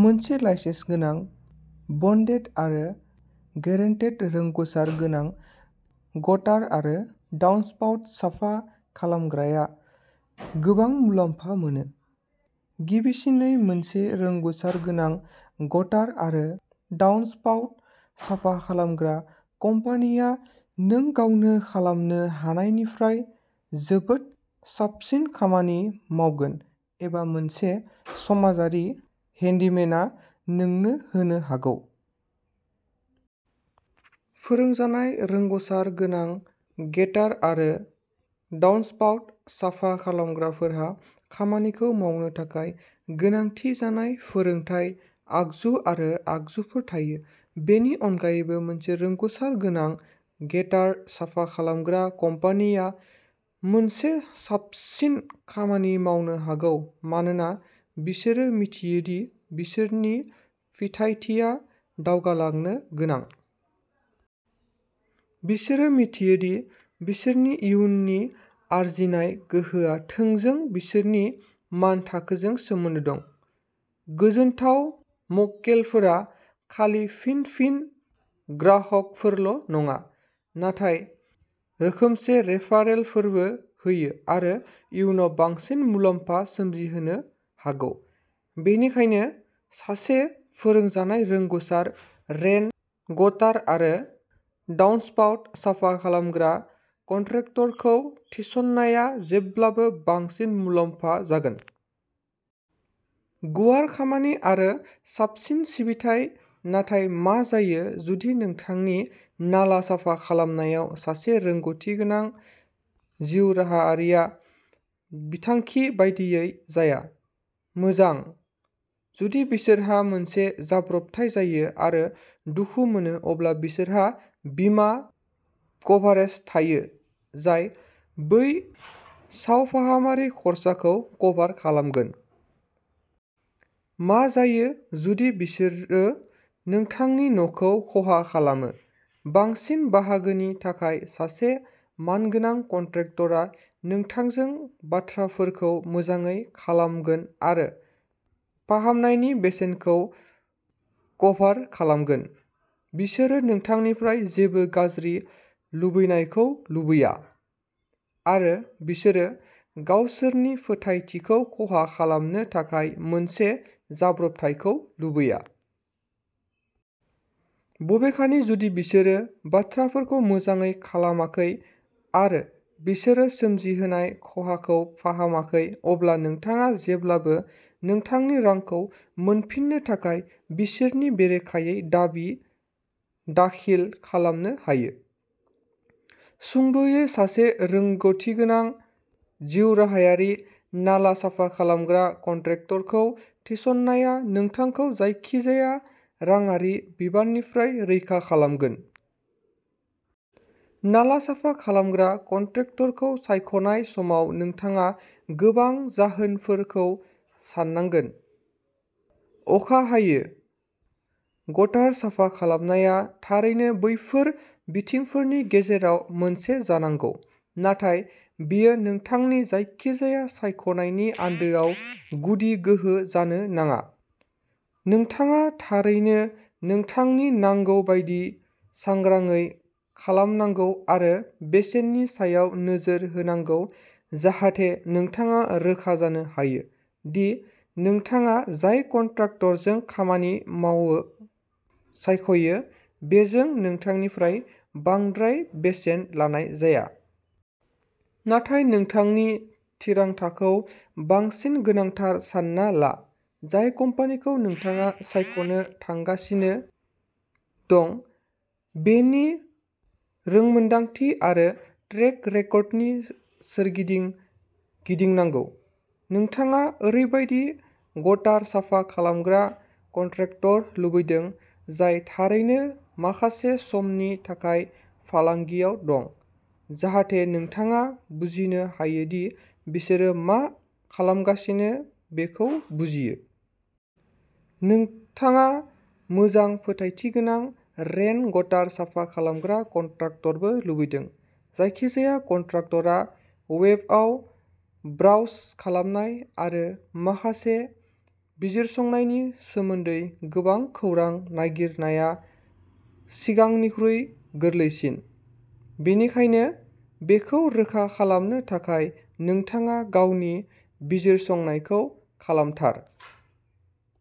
मोनसे लाइसेन्स गोनां, बन्डेड आरो गेरेन्टेड रोंग'सार गोनां गटार आरो डाउनस्पाउट साफा खालामग्राआ गोबां मुलाम्फा मोनो। गिबिसिनै, मोनसे रोंग'सार गोनां गटार आरो डाउनस्पाउट साफा खालामग्रा कम्पानिया नों गावनो खालामनो हानायनिफ्राय जोबोद साबसिन खामानि मावगोन, एबा मोनसे समाजारि हेन्डीमेनआ नोंनो होनो हागौ। फोरोंजानाय रोंग'सार गोनां गटार आरो डाउनस्पाउट साफा खालामग्राफोरहा खामानिखौ मावनो थाखाय गोनांथि जानाय फोरोंथाय, आगजु आरो आगजुफोर थायो। बेनि अनगायैबो, मोनसे रोंग'सार गोनां गटार साफा खालामग्रा कम्पानिया मोनसे साबसिन खामानि मावनो हागौ मानोना बिसोरो मिथियो दि बिसोरनि फोथायथिआ दावगालांनो गोनां। बिसोरो मिथियो दि बिसोरनि इयुननि आरजिनाय गोहोआ थोंजों बिसोरनि मानथाखोजों सोमोन्दो दं। गोजोनथाव मक्केलफोरा खालि फिन-फिन ग्राहकफोरल'नङा, नाथाय रोखोमसे रेफारेलफोरबो होयो जाय इयुनाव बांसिन मुलाम्फा सोमजिहोनो हागौ। बेनिखायनो, सासे फोरोंजानाय रोंग'सार रेन गटार आरो डाउनस्पाउट साफा खालामग्रा कन्ट्रेक्टरखौ थिसननाया जेब्लाबो बांसिन मुलाम्फा जागोन। गुवार खामानि आरो साबसिन सिबिथाइ। नाथाय मा जायो जुदि नोंथांनि नाला साफा खालामनायाव सासे रोंग'थि गोनां जिउराहायारिआ बिथांखि बादियै जाया? मोजां, जुदि बिसोरहा मोनसे जाब्रबथाय जायो आरो दुखु मोनो अब्ला बिसोरहा बीमा कभारेज थायो जाय बै सावफाहामारि खर्साफोरखौ कभार खालामगोन। मा जायो जुदि बिसोरो नोंथांनि न'खौ खहा खालामो? बांसिन बाहागोनि थाखाय, सासे मानगोनां कन्ट्राक्टरआ नोंथांजों बाथ्राफोरखौ मोजाङै खालामगोन आरो फाहामनायनि बेसेनखौ कभार खालामगोन। बिसोरो नोंथांनिफ्राय जेबो गाज्रि लुबैनायखौ लुबैया, आरो बिसोरो गावसोरनि फोथायथिखौ खहा खालामनो थाखाय मोनसे जाब्रबथायखौ लुबैया। बबेखानि जुदि बिसोरो बाथ्राफोरखौ मोजाङै खालामाखै आरो बिसोर सोमजिहोनाय खहाखौ फाहामाखै, अब्ला नोंथाङा जेब्लाबो नोंथांनि रांखौ मोनफिननो थाखाय बिसोरनि बेरेखायै दाबि दाखिल खालामनो हायो। सुंद'यै, सासे रोंग'थिगोनां जिउराहायारि नाला साफा खालामग्रा कन्ट्राक्टरखौ थिसननाया नोंथांखौ जायखिजाया रांआरि बिबाननिफ्राय रैखा खालामगोन। नाला साफा खालामग्रा कन्ट्राक्टरखौ सायख'नाय समाव नोंथाङा गोबां जाहोनफोरखौ साननांगोन। अखा हायो। गटार साफा खालामनाया थारैनो बैफोर बिथिंफोरनि गेजेराव मोनसे जानांगौ, नाथाय बेयो नोंथांनि जायखिजाया सायख'नायनि आन्दोआव गुदि गोहो जानो नाङा। नोंथाङा थारैनो नोंथांनि नांगौ बायदि सांग्राङै खालामनांगौ आरो बेसेननि सायाव नोजोर होनांगौ जाहाथे नोंथाङा रोखा जानो हायो दि नोंथाङा जाय कन्ट्राक्टरजों खामानि मावनो सायख'यो, बेजों नोंथांनिफ्राय बांद्राय बेसेन लानाय जाया। नाथाय नोंथांनि थिरांथाखौ बांसिन गोनांथार सानना ला, जाय कम्पानिखौ नोंथाङा सायख'नो थांगासिनो दं, बेनि रोंमोनदांथि आरो ट्रेक रेकर्डनि सोरगिदिं गिदिंनांगौ। नोंथाङा ओरैबायदि गटार साफा खालामग्रा कन्ट्राक्टर लुबैदों, जाय थारैनो माखासे समनि थाखाय फालांगियाव दं, जाहाथे नोंथाङा बुजिनो हायो दि बिसोरो मा खालामगासिनो बेखौ बुजियो। नोंथाङा मोजां फोथायथि गोनां रेन गटार साफा खालामग्रा कन्ट्राक्टरबो लुबैदों। जायखिजाया कन्ट्राक्टरआ वेबआव ब्राउज खालामनाय आरो माखासे बिजिरसंनायनि सोमोन्दै गोबां खौरां नागिरनाया सिगांनिख्रुइ गोरलैसिन। बेनिखायनो, बेखौ रोखा खालामनो थाखाय नोंथाङा गावनि बिजिरसंनायखौ खालामथार।